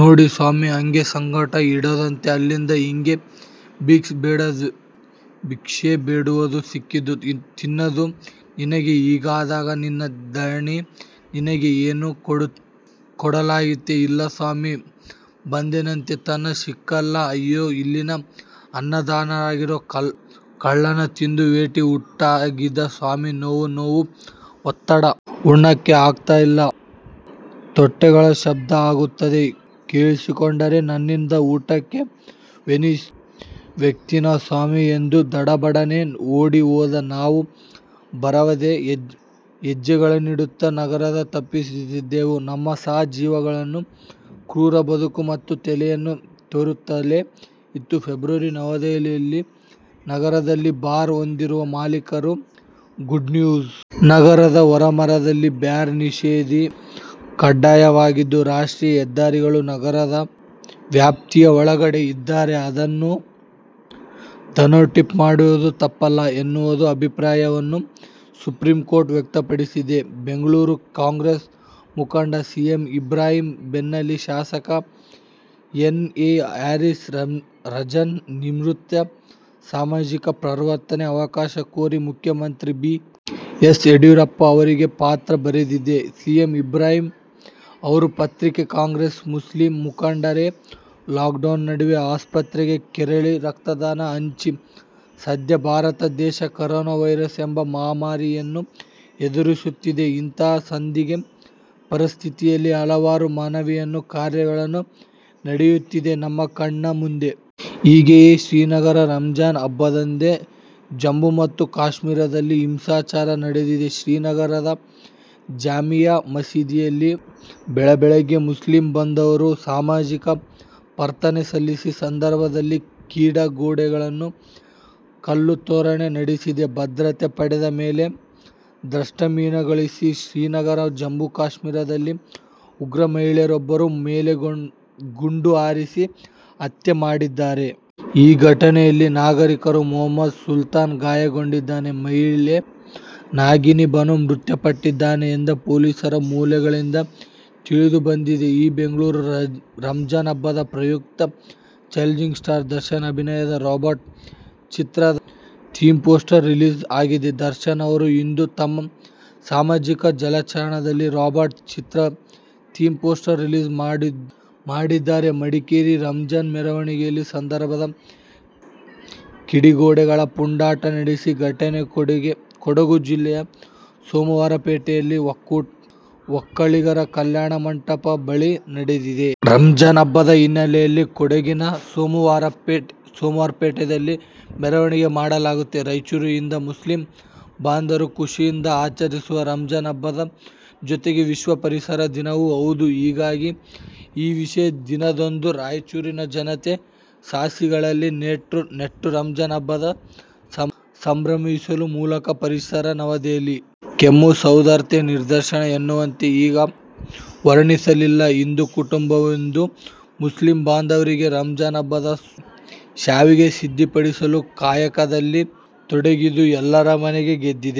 ನ್ವಾಡಿ ಸಾಮಿ, ಅಂಗೆ ಸ್ವಂಟನೂ ಇಡ್ಕಂತು. ಅಲ್ಲಿಂದ ಹಿಂಗೇ ಬಿಕ್ಸೆ ಬೇಡಾದು, ಸಿಕ್ಕಿದ್ದು ತಿನ್ನಾದು. -ನಿನಗೆ ಹೀಗಾದಾಗ ನಿನ್ನ ಧಣಿ ನಿನಗೆ ಏನೂ ಕೊಡಲಿಲ್ಲವಾ? ಇಲ್ಲ, ಸಾಮಿ – ಬಂದ್ರೇನಂತೆ ಅನ್ನ ಸಿಕ್ಕುತ್ತಲ್ಲಾ? ಅಯ್ಯೋ, ಇಲ್ಲಿನ ಅನ್ನದಾಗಿರೋ ಕಲ್ಗಳ್ನ ತಿಂದು ವಟ್ಟೆ ಉಣ್ಣಾಗಿದೆ, ಸಾಮಿ, ನೋವು ನೋವು ಬತ್ತಾದೆ. ಉಣ್ಣಾಕೆ ಆಗಾಕಿಲ್ಲ. ತಟ್ಟೆಗಳ ಶಬ್ದ ಆಯ್ತು. ಕೇಳಿಸಿಕೊಂಡವನೆ ನಾನಿನ್ನ ಊಟಕ್ಕೆ ವಾಯ್ತಿನಿ ಸಾಮಿ ಎಂದು ದಡಬಡನೆ ಓಡಿಹೋದ. ನಾವು ಭಾರವಾದ ಹೆಜ್ಜೆಗಳನ್ನಿಡುತ್ತಾ ನಗರ ತಲಪಿದೆವು. ನಮ್ಮ ಸಹ ಜೀವಿಗಳ ಕ್ರೂರ ಬದುಕು ನಮ್ಮ ತಲೆಯನ್ನು ಕೊರೆಯುತ್ತಲೇ ಇತ್ತು. ಫೆಬ್ರವರಿ ನವದೆಹಲಿ: ನಗರಗಳಲ್ಲಿ ಬಾರ್ ಹೊಂದಿರುವ ಮಾಲೀಕರಿಗೆ ಗುಡ್ನ್ಯೂಸ್. ನಗರದ ಹೊರವಲಯದಲ್ಲಿ ಬಾರ್ ನಿಷೇಧ ಕಡ್ಡಾಯವಾಗಿದ್ದು, ರಾಷ್ಟ್ರೀಯ ಹೆದ್ದಾರಿಗಳು ನಗರದ ವ್ಯಾಪ್ತಿಯ ಒಳಗಡೆ ಇದ್ದರೆ ಅದನ್ನು ಡಿನೋಟಿಫೈ ಮಾಡುವುದು ತಪ್ಪಲ್ಲ ಎನ್ನುವ ಅಭಿಪ್ರಾಯವನ್ನು ಸುಪ್ರೀಂ ಕೋರ್ಟ್ ವ್ಯಕ್ತಪಡಿಸಿದೆ. ಬೆಂಗಳೂರು: ಕಾಂಗ್ರೆಸ್ ಮುಖಂಡ ಸಿಎಂ ಇಬ್ರಾಹಿಂ ಬೆನ್ನಲ್ಲೇ ಶಾಸಕ ಎನ್. ಎ. ಹ್ಯಾರಿಸ್ ರಂಜಾನ್ ನಿಮಿತ್ತ ಸಾಮೂಹಿಕ ಪ್ರಾರ್ಥನೆಗೆ ಅವಕಾಶ ಕೋರಿ ಮುಖ್ಯಮಂತ್ರಿ ಬಿ. ಎಸ್. ಯಡಿಯೂರಪ್ಪ ಅವರಿಗೆ ಪತ್ರ ಬರೆದಿದ್ದಾರೆ. ಸಿಎಂ ಇಬ್ರಾಹಿಂ ಅವರ ಪತ್ರಕ್ಕೆ ಕಾಂಗ್ರೆಸ್ನ ಮುಸ್ಲಿಂ ಮುಖಂಡರೇ– ಲಾಕ್ಡೌನ್ ನಡ್ವೆಯೇ ಆಸ್ಪತ್ರೆಗೆ ತೆರಳಿ ರಕ್ತದಾನ ರಾಂಚಿ: ಸದ್ಯ ಭಾರತ ದೇಶ ಕೊರೊನಾ ವೈರಸ್ ಎಂಬ ಮಹಾಮಾರಿಯನ್ನು ಎದುರಿಸುತ್ತಿದ್ದು, ಇಂತಹ ಸಂದಿಗ್ಧ ಪರಿಸ್ಥಿತಿಯಲ್ಲಿ ಹಲವಾರು ಮಾನವೀಯ ಕಾರ್ಯಗಳು ನಡೆಯುತ್ತಿದ್ದು, ನಮ್ಮ ಕಣ್ಣ ಮುಂದಿವೆ. ಹಾಗೆಯೇ ಶ್ರೀನಗರ: ರಂಜಾನ್ ಹಬ್ಬದಂದೇ ಜಮ್ಮು ಮತ್ತು ಕಾಶ್ಮೀರದಲ್ಲಿ ಹಿಂಸಾಚಾರ ನಡೆದಿದ್ದು, ಶ್ರೀನಗರದ ಜಾಮಿಯಾ ಮಸೀದಿಯಲ್ಲಿ ಬೆಳ್ಳಂಬೆಳಗ್ಗೆ ಮುಸ್ಲಿಂ ಬಾಂಧವರು ಸಾಮೂಹಿಕ ಪ್ರಾರ್ಥನೆ ಸಲ್ಲಿಸುವ ಸಂದರ್ಭದಲ್ಲಿ ಕಿಡಿಗೇಡಿಗಳು ಕಲ್ಲು ತೂರಾಟ ನಡೆಸಿದ್ದಾರೆ. ಭದ್ರತಾ ಪಡೆ ಮೇಲೆ ದುಷ್ಕರ್ಮಿಗಳುಶ್ರೀನಗರ: ಜಮ್ಮು- ಕಾಶ್ಮೀರದಲ್ಲಿ ಉಗ್ರರು ಮಹಿಳೆಯೊಬ್ಬರ ಮೇಲೆ ಗುಂಡು ಹಾರಿಸಿ ಹತ್ಯೆ ಮಾಡಿದ್ದಾರೆ. ಈ ಘಟನೆಯಲ್ಲಿ ನಾಗರಿಕ ಮೊಹಮ್ಮದ್ ಸುಲ್ತಾನ್ ಗಾಯಗೊಂಡಿದ್ದು, ಮಹಿಳೆ ನಗೀನಾ ಬಾನೋ ಮೃತಪಟ್ಟಿದ್ದಾರೆ ಎಂದು ಪೊಲೀಸರ ಮೂಲಗಳಿಂದ ತಿಳಿದು ಬಂದಿದೆ. ಈಬೆಂಗಳೂರು: ರಂಜಾನ್ ಹಬ್ಬದ ಪ್ರಯುಕ್ತ ಚಾಲೆಂಜಿಂಗ್ ಸ್ಟಾರ್ ದರ್ಶನ್ ಅಭಿನಯದ 'ರಾಬರ್ಟ್' ಚಿತ್ರದ ಥೀಮ್ ಪೋಸ್ಟರ್ ರಿಲೀಸ್ ಆಗಿದೆ. ದರ್ಶನ್ ಅವರು ಇಂದು ತಮ್ಮ ಸಾಮಾಜಿಕ ಜಾಲತಾಣದಲ್ಲಿ ರಾಬರ್ಟ್ ಚಿತ್ರ ಥೀಮ್ ಪೋಸ್ಟರ್ ರಿಲೀಸ್ ಮಾಡಿದ್ದಾರೆಮಡಿಕೇರಿ: ರಂಜಾನ್ ಮೆರವಣಿಗೆ ಸಂದರ್ಭದಲ್ಲಿ ಕಿಡಿಗೇಡಿಗಳು ಪುಂಡಾಟ ನಡೆಸಿದ ಘಟನೆ ಕೊಡಗು ಜಿಲ್ಲೆಯ ಸೋಮವಾರಪೇಟೆಯ ಒಕ್ಕಲಿಗರ ಕಲ್ಯಾಣ ಮಂಟಪದ ಬಳಿ ನಡೆದಿದೆ. ರಂಜಾನ್ ಹಬ್ಬದ ಹಿನ್ನೆಲೆಯಲ್ಲಿ ಕೊಡಗಿನ ಸೋಮವಾರಪೇಟೆಯಲ್ಲಿ ಮೆರವಣಿಗೆ ಮಾಡಲಾಗುತಿತ್ತು. ರಾಯಚೂರು: ಇಂದು ಮುಸ್ಲಿಂ ಬಾಂಧವರು ಖುಷಿಯಿಂದ ಆಚರಿಸುವ ರಂಜಾನ್ ಹಬ್ಬದ ಜೊತೆಗೆ ವಿಶ್ವ ಪರಿಸರ ದಿನವೂ ಹೌದು. ಹೀಗಾಗಿ ಈ ವಿಶೇಷ ದಿನದಂದು ರಾಯಚೂರಿನ ಜನತೆ ಸಸಿಗಳನ್ನು ನೆಟ್ಟು ರಂಜಾನ್ ಹಬ್ಬವನ್ನು ಸಂಭ್ರಮಿಸುವ ಮೂಲಕ ಪರಿಸರನವದೆಹಲಿ: ಕೋಮು ಸೌಹಾರ್ದತೆಗೆ ನಿದರ್ಶನ ಎನ್ನುವಂತೆ ಈಗ ವಾರಣಾಸಿಯಲ್ಲಿ ಹಿಂದೂ ಕುಟುಂಬವೊಂದು ಮುಸ್ಲಿಂ ಬಾಂಧವರಿಗಾಗಿ ರಂಜಾನ್ ಹಬ್ಬಕ್ಕೆ ಶ್ಯಾವಿಗೆ ಸಿದ್ಧಪಡಿಸುವ ಕಾಯಕದಲ್ಲಿ ತೊಡಗಿದ್ದು ಎಲ್ಲರ ಮನ ಗೆದ್ದಿದೆ